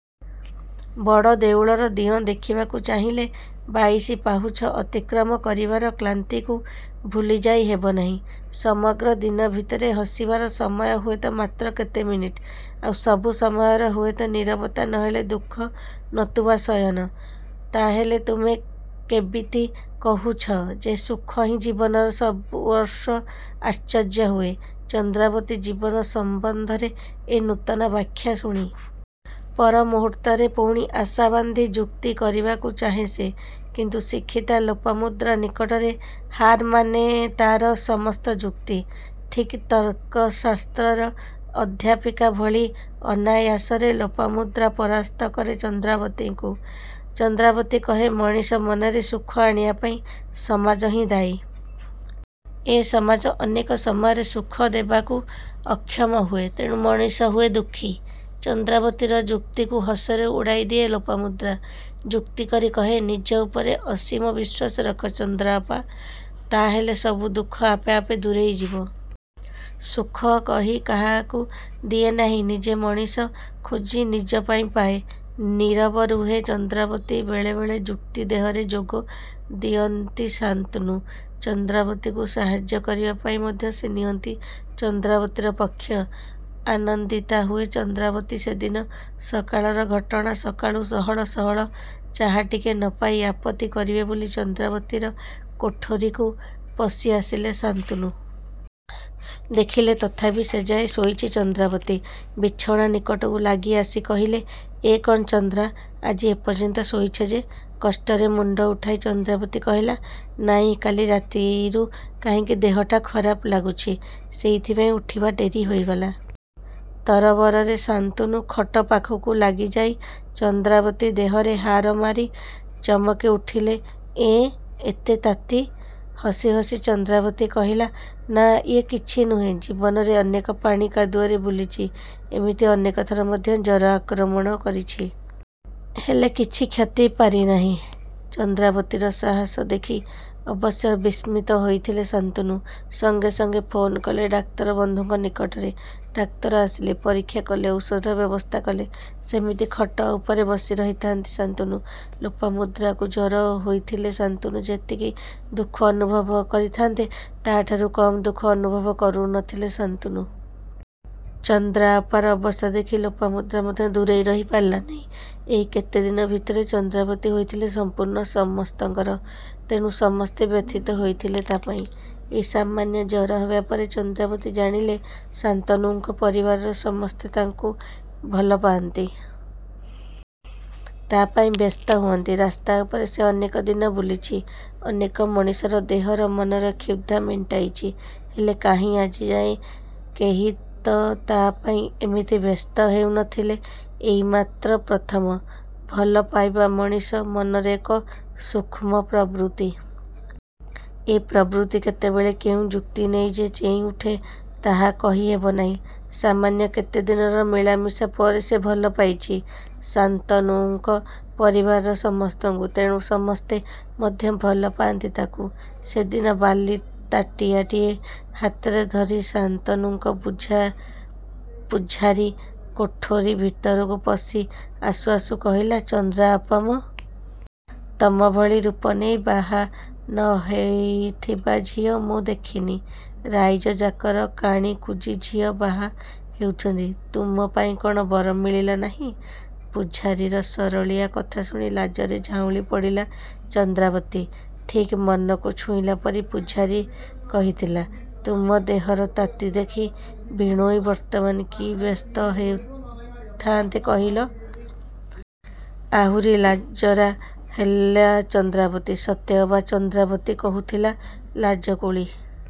ବଡ଼ ଦେଉଳର ଦିଅଁ ଦେଖିବାକୁ ଚାହିଁଲେ ବାଇଶି ପାଉଛ ଅତିକ୍ରମ କରିବାର କ୍ଳାନ୍ତିକୁ ଭୁଲିଯାଇ ହେବନାହିଁ। ସମଗ୍ର ଦିନ ଭିତରେ ହସିବାର ସମୟ ହୁଏତ ମାତ୍ର କେତେ ମିନିଟ୍। ଆଉ ସବୁ ସମୟରେ ହୁଏତ ନୀରବତା ନ ହେଲେ ଦୁଃଖ ନତୁବା ଶୟନ। ତା'ହେଲେ ତୁମେ କେବିତି କହୁଛ ଯେ ସୁଖ ହିଁ ଜୀବନର ସର୍ବସ୍ୱ ଆଶ୍ଚର୍ଯ୍ୟ ହୁଏ ଚନ୍ଦ୍ରାବତୀ ଜୀବନ ସମ୍ୱନ୍ଧରେ ଏ ନୂତନ ବ୍ୟାଖ୍ୟା ଶୁଣି। ପର ମୁହୂର୍ତ୍ତରେ ପୁଣି ଆଶା ବାନ୍ଧି ଯୁକ୍ତି କରିବାକୁ ଚାହେଁ ସେ। କିନ୍ତୁ ଶିକ୍ଷିତା ଲୋପାମୁଦ୍ରା ନିକଟରେ ହାରମାନେ ତା'ର ସମସ୍ତ ଯୁକ୍ତି। ଠିକ୍ ତର୍କଶାସ୍ତ୍ରର ଅଧ୍ୟାପିକା ଭଳି ଅନାୟାସରେ ଲୋପାମୁଦ୍ରା ପରାସ୍ତ କରେ ଚନ୍ଦ୍ରାବତୀକୁ। ଚନ୍ଦ୍ରାବତୀ କହେ ମଣିଷ ମନରେ ସୁଖ ଆଣିବାପାଇଁ ସମାଜ ହିଁ ଦାୟୀ। ଏ ସମାଜ ଅନେକ ସମୟରେ ସୁଖ ଦେବାକୁ ଅକ୍ଷମ ହୁଏ ତେଣୁ ମଣିଷ ହୁଏ ଦୁଃଖୀ। ଚନ୍ଦ୍ରାବତୀର ଯୁକ୍ତିକୁ ହସରେ ଉଡ଼ାଇ ଦିଏ ଲୋପାମୁଦ୍ରା। ଯୁକ୍ତି କରି କହେ ନିଜ ଉପରେ ଅସୀମ ବିଶ୍ୱାସ ରଖ ଚନ୍ଦ୍ରାଅପା! ତା'ହେଲେ ସବୁ ଦୁଃଖ ଆପେ ଆପେ ଦୂରେଇ ଯିବ। ସୁଖ କହି କାହାକୁ ଦିଏନାହିଁ ନିଜେ ମଣିଷ ଖୋଜି ନିଜ ପାଇଁ ପାଏ। '' ନୀରବ ରୁହେ ଚନ୍ଦ୍ରାବତୀ ବେଳେ ବେଳେ ଯୁକ୍ତି ଦେହରେ ଯୋଗ ଦିଅନ୍ତି ଶାନ୍ତନୁ। ଚନ୍ଦ୍ରାବତୀକୁ ସାହାଯ୍ୟ କରିବା ପାଇଁ ମଧ୍ୟ ସେ ନିଅନ୍ତି ଚନ୍ଦ୍ରାବତୀର ପକ୍ଷ। ଆନନ୍ଦିତା ହୁଏ ଚନ୍ଦ୍ରାବତୀ ସେଦିନ ସକାଳର ଘଟଣା ସକାଳୁ ସହଳ ସହଳ ଚାହାଟିକେ ନପାଇ ଆପତ୍ତି କରିବେ ବୋଲି ଚନ୍ଦ୍ରାବତୀର କୋଠରୀକୁ ପଶିଆସିଲେ ଶାନ୍ତନୁ। ଦେଖିଲେ ତଥାପି ସେଯାଏ ଶୋଇଛି ଚନ୍ଦ୍ରାବତୀ ବିଛଣା ନିକଟକୁ ଲାଗି ଆସି କହିଲେ''ଏ କ'ଣ ଚନ୍ଦ୍ରା, ଆଜି ଏ ପର୍ଯ୍ୟନ୍ତ ଶୋଇଛ ଯେ? '' କଷ୍ଟରେ ମୁଣ୍ତ ଉଠାଇ ଚନ୍ଦ୍ରାବତୀ କହିଲା ''ନାଁଇ କାଲି ରାତିରୁ କାହିଁକି ଦେହଟା ଖରାପ ଲାଗୁଛି। ସେଇଥିପାଇଁ ଉଠିବା ଡେରି ହୋଇଗଲା। '' ତରବରରେ ଶାନ୍ତନୁ ଖଟ ପାଖକୁ ଲାଗିଯାଇ ଚନ୍ଦ୍ରାବତୀ ଦେହରେ ହାରମାରି ଚମକି ଉଠିଲେ''ଏଁ ଏତେ ତାତି? '' ହସି ହସି ଚନ୍ଦ୍ରାବତୀ କହିଲା ''ନାଁ ଇଏ କିଛି ନୁହେଁ। ଜୀବନରେ ଅନେକ ପାଣି କାଦୁଅରେ ବୁଲିଛି ଏମିତି ଅନେକ ଥର ମଧ୍ୟ ଜର ଆକ୍ରମଣ କରିଛି। ହେଲେ କିଛି କ୍ଷତି ପାରିନାହିଁ। '' ଚନ୍ଦ୍ରାବତୀର ସାହସ ଦେଖି ଅବଶ୍ୟ ବିସ୍ମିତ ହୋଇଥିଲେ ଶାନ୍ତନୁ। ସଙ୍ଗେ ସଙ୍ଗେ ଫୋନ କଲେ ଡାକ୍ତର ବନ୍ଧୁଙ୍କ ନିକଟରେ। ଡାକ୍ତର ଆସିଲେ। ପରୀକ୍ଷା କଲେ। ଔଷଧର ବ୍ୟବସ୍ଥା କଲେ। ସେମିତି ଖଟ ଉପରେ ବସି ରହିଥାନ୍ତି ଶାନ୍ତନୁ। ଲୋପାମୁଦ୍ରାକୁ ଜର ହୋଇଥିଲେ ଶାନ୍ତନୁ ଯେତିକି ଦୁଃଖ ଅନୁଭବ କରିଥାନ୍ତେ ତାଠାରୁ କମ୍ ଦୁଃଖ ଅନୁଭବ କରୁ ନ ଥିଲେ ଶାନ୍ତନୁ। ଚନ୍ଦ୍ରାଅପାର ଅବସ୍ଥା ଦେଖି ଲୋପାମୁଦ୍ରା ମଧ୍ୟ ଦୂରେଇ ରହି ପାରିଲାନି। ଏଇ କେତେଦିନ ଭିତରେ ଚନ୍ଦ୍ରାବତୀ ହୋଇଥିଲା ସମ୍ପୂର୍ଣ୍ଣ ସମସ୍ତଙ୍କର। ତେଣୁ ସମସ୍ତେ ବ୍ୟଥିତ ହୋଇଥିଲେ ତା' ପାଇଁ। ଏଇ ସମାନ୍ୟ ଜର ହେବାପରେ ଚନ୍ଦ୍ରାବତୀ ଜାଣିଲେ ଶାନ୍ତନୁଙ୍କ ପରିବାରର ସମସ୍ତେ ତାକୁ ଭଲ ପାଆନ୍ତି। ତା' ପାଇଁ ବ୍ୟସ୍ତ ହୁଅନ୍ତି। ରାସ୍ତା ଉପରେ ସେ ଅନେକ ଦିନ ବୁଲିଛି। ଅନେକ ମଣିଷର ଦେହର, ମନର କ୍ଷୁଧା ମେଣ୍ଟାଇଛି ହେଲେ କାହିଁ ଆଜିଯାଏ କେହି ତ ତା' ପାଇଁ ଏମିତି ବ୍ୟସ୍ତ ହେଉ ନ ଥିଲେ ଏଇମାତ୍ର ପ୍ରଥମ। ଭଲ ପାଇବା ମଣିଷ ମନର ଏକ ସୂକ୍ଷ୍ମ ପ୍ରବୃତ୍ତି। ଏ ପ୍ରବୃତ୍ତି କେତେବେଳେ କେଉଁ ଯୁକ୍ତି ନେଇ ଯେ ଚେଇଁ ଉଠେ ତାହା କହି ହେବ ନାହିଁ। ସମାନ୍ୟ କେତେଦିନର ମିଳାମିଶା ପରେ ସେ ଭଲ ପାଇଛି ଶାନ୍ତନୁଙ୍କ ପରିବାରର ସମସ୍ତଙ୍କୁ। ତେଣୁ ସମସ୍ତେ ମଧ୍ୟ ଭଲପାନ୍ତି ତାକୁ ସେଦିନ ବାଲି ତାଟିଆଟିଏ ହାତରେ ଧରି ଶାନ୍ତନୁଙ୍କ ପୂଝା ପୂଝାରୀ କୋଠରୀ ଭିତରକୁ ପଶି ଆସୁ ଆସୁ କହିଲା ''ଚନ୍ଦ୍ରାଅପା ମ! ତମ ଭଳି ରୂପ ନେଇ ବାହା ନ ହେଇଥିବା ଝିଅ ମୁଁ ଦେଖିନି-। ରାଇଜ ଯାକର କାଣୀ କୁଜୀ ଝିଅ ବାହା ହେଉଛନ୍ତି ତୁମ ପାଇଁ କ'ଣ ବର ମିଳିଲା ନାହିଁ-? '' ପୂଝାରୀର ସରଳିଆ କଥା ଶୁଣି ଲାଜରେ ଝାଉଁଳି ପଡ଼ିଲା ଚନ୍ଦ୍ରାବତୀ। ଠିକ୍ ମନକୁ ଛୁଇଁଲା ପରି ପୂଝାରୀ କହିଥିଲା''ତୁମ ଦେହର ତାତି ଦେଖି ଭିଣୋଇ ବର୍ତ୍ତମାନ କି ବ୍ୟସ୍ତ ହେଉଥାନ୍ତେ କହିଲ? '' ଆହୁରି ଲାଜରା ହେଲା ଚନ୍ଦ୍ରାବତୀ ସତେ ଅବା ଚନ୍ଦ୍ରାବତୀ କହୁଥିଲା ଲାଜକୁଳୀ!